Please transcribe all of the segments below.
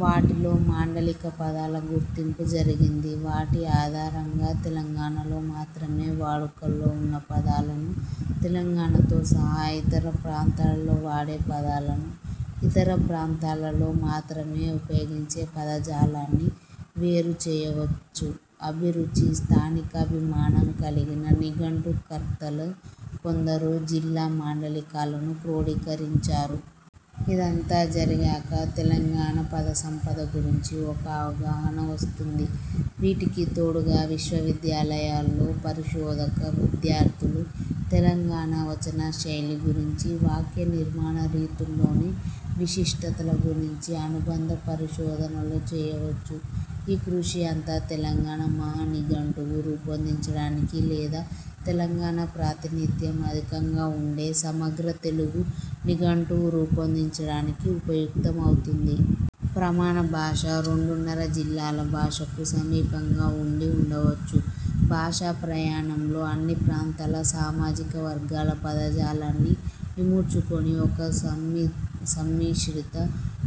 వాటిలో మాండలిక పదాల గుర్తింపు జరిగింది. వాటి ఆధారంగా తెలంగాణలో మాత్రమే వాడుకలో ఉన్న పదాలను, తెలంగాణతో సహా ఇతర ప్రాంతాలలో వాడే పదాలను, ఇతర ప్రాంతాలలో మాత్రమే ఉపయోగించే పదజాలాన్ని వేరు చేయవచ్చు. అభిరుచి, స్థానికాభిమానం కలిగిన నిఘంటు కర్తలు కొందరు జిల్లా మాండలికాలను క్రోడీకరించారు. ఇదంతా జరిగాక, తెలంగాణ పదసంపద గురించి ఒక అవగాహన వస్తుంది. వీటికి తోడుగా విశ్వవిద్యాలయాల్లో పరిశోధక విద్యార్థులు తెలంగాణ వచన శైలి గురించి, వాక్యనిర్మాణ రీతుల్లోని విశిష్టతల గురించి అనుబంధ పరిశోధనలు చేయవచ్చు. ఈ కృషి అంతా తెలంగాణ మహానిఘంటువు రూపొందించడానికి, లేదా తెలంగాణ ప్రాతినిధ్యం అధికంగా ఉండే సమగ్ర తెలుగు నిఘంటువు రూపొందించడానికి ఉపయుక్తమవుతుంది. ప్రమాణ భాష రెండున్నర జిల్లాల భాషకు సమీపంగా ఉండి ఉండవచ్చు. భాషా ప్రయాణంలో అన్ని ప్రాంతాల, సామాజిక వర్గాల పదజాలాన్ని ఇముడ్చుకుని ఒక సమ్మిశ్రిత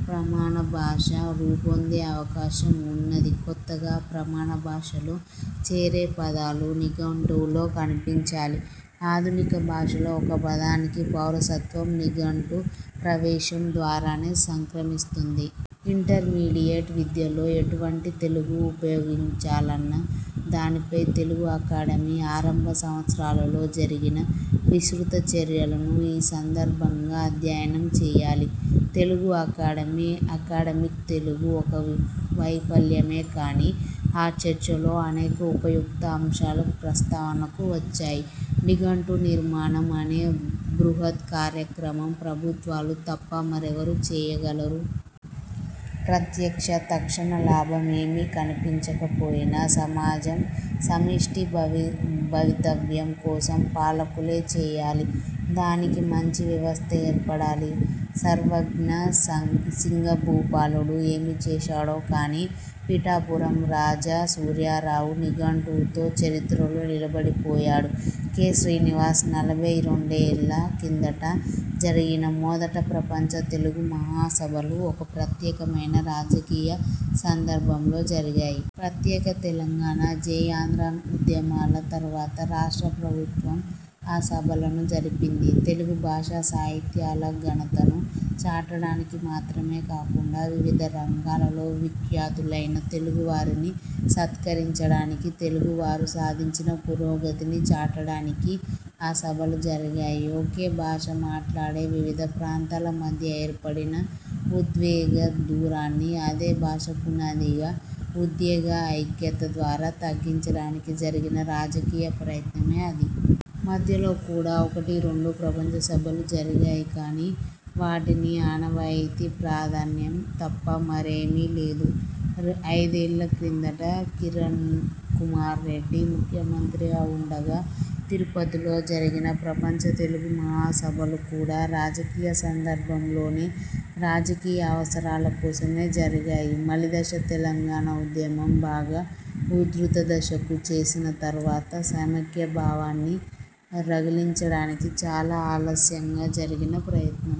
ప్రమాణభాష రూపొందే అవకాశం ఉన్నది కొత్తగా ప్రమాణభాషలో చేరే పదాలు నిఘంటువులో కనిపించాలి. ఆధునిక భాషలో ఒక పదానికి పౌరసత్వం నిఘంటు ప్రవేశం ద్వారానే సంక్రమిస్తుంది. ఇంటర్మీడియేట్ విద్యలో ఎటువంటి తెలుగు ఉపయోగించాలన్న దానిపై తెలుగు అకాడమీ ఆరంభ సంవత్సరాలలో జరిగిన విస్తృతచర్చలను ఈ సందర్భంగా అధ్యయనం చేయాలి. తెలుగుఅకాడమీ అకడమిక్ తెలుగు ఒక వైఫల్యమే కానీ, ఆ చర్చలో అనేక ఉపయుక్త అంశాలు ప్రస్తావనకు వచ్చాయి. నిఘంటునిర్మాణం అనే బృహత్ కార్యక్రమం ప్రభుత్వాలు తప్ప మరెవరు చేయగలరు? ప్రత్యక్ష, తక్షణ లాభం ఏమీ కనిపించకపోయినా, సమాజం సమష్టి భవితవ్యం కోసం పాలకులే చేయాలి. దానికి మంచి వ్యవస్థ ఏర్పడాలి. సర్వజ్ఞ సింగభూపాలుడు ఏమిచేశాడో కానీ, పిఠాపురం రాజా సూర్యారావు నిఘంటువుతో చరిత్రలో నిలబడిపోయాడు. కె. శ్రీనివాస్ నలభై రెండేళ్ల కిందట జరిగిన మొదటి ప్రపంచ తెలుగు మహాసభలు ఒక ప్రత్యేకమైన రాజకీయ సందర్భంలో జరిగాయి. ప్రత్యేక తెలంగాణ, జై ఆంధ్ర ఉద్యమాల తరువాత రాష్ట్ర ప్రభుత్వం ఆ సభలను జరిపింది. తెలుగుభాషా సాహిత్యాల ఘనతను చాటడానికి మాత్రమే కాకుండా, వివిధ రంగాలలో విఖ్యాతులైన తెలుగువారిని సత్కరించడానికి, తెలుగు వారు సాధించిన పురోగతిని చాటడానికి ఆ సభలు జరిగాయి. ఒకే భాష మాట్లాడే వివిధ ప్రాంతాల మధ్య ఏర్పడిన ఉద్వేగదూరాన్ని, అదే భాష పునాదిగా ఉద్వేగ ఐక్యత ద్వారా తగ్గించడానికి జరిగిన రాజకీయ ప్రయత్నం అది. మధ్యలో కూడా ఒకటీరెండూ ప్రపంచసభలు జరిగాయి కానీ, వాటికి ఆనవాయితీ ప్రాధాన్యం తప్ప మరేమీ లేదు. ఐదేళ్ల కిందట కిరణ్కుమార్ రెడ్డి ముఖ్యమంత్రిగా ఉండగా తిరుపతిలో జరిగిన ప్రపంచ తెలుగు మహాసభలు కూడా రాజకీయ సందర్భంలోనే, రాజకీయ అవసరాల కోసమే జరిగాయి. మలిదశ తెలంగాణ ఉద్యమం బాగా ఉధృత దశకు చేరిన తరువాత, సమైక్యభావాన్ని రగిలించడానికి చాలా ఆలస్యంగా జరిగిన ప్రయత్నం.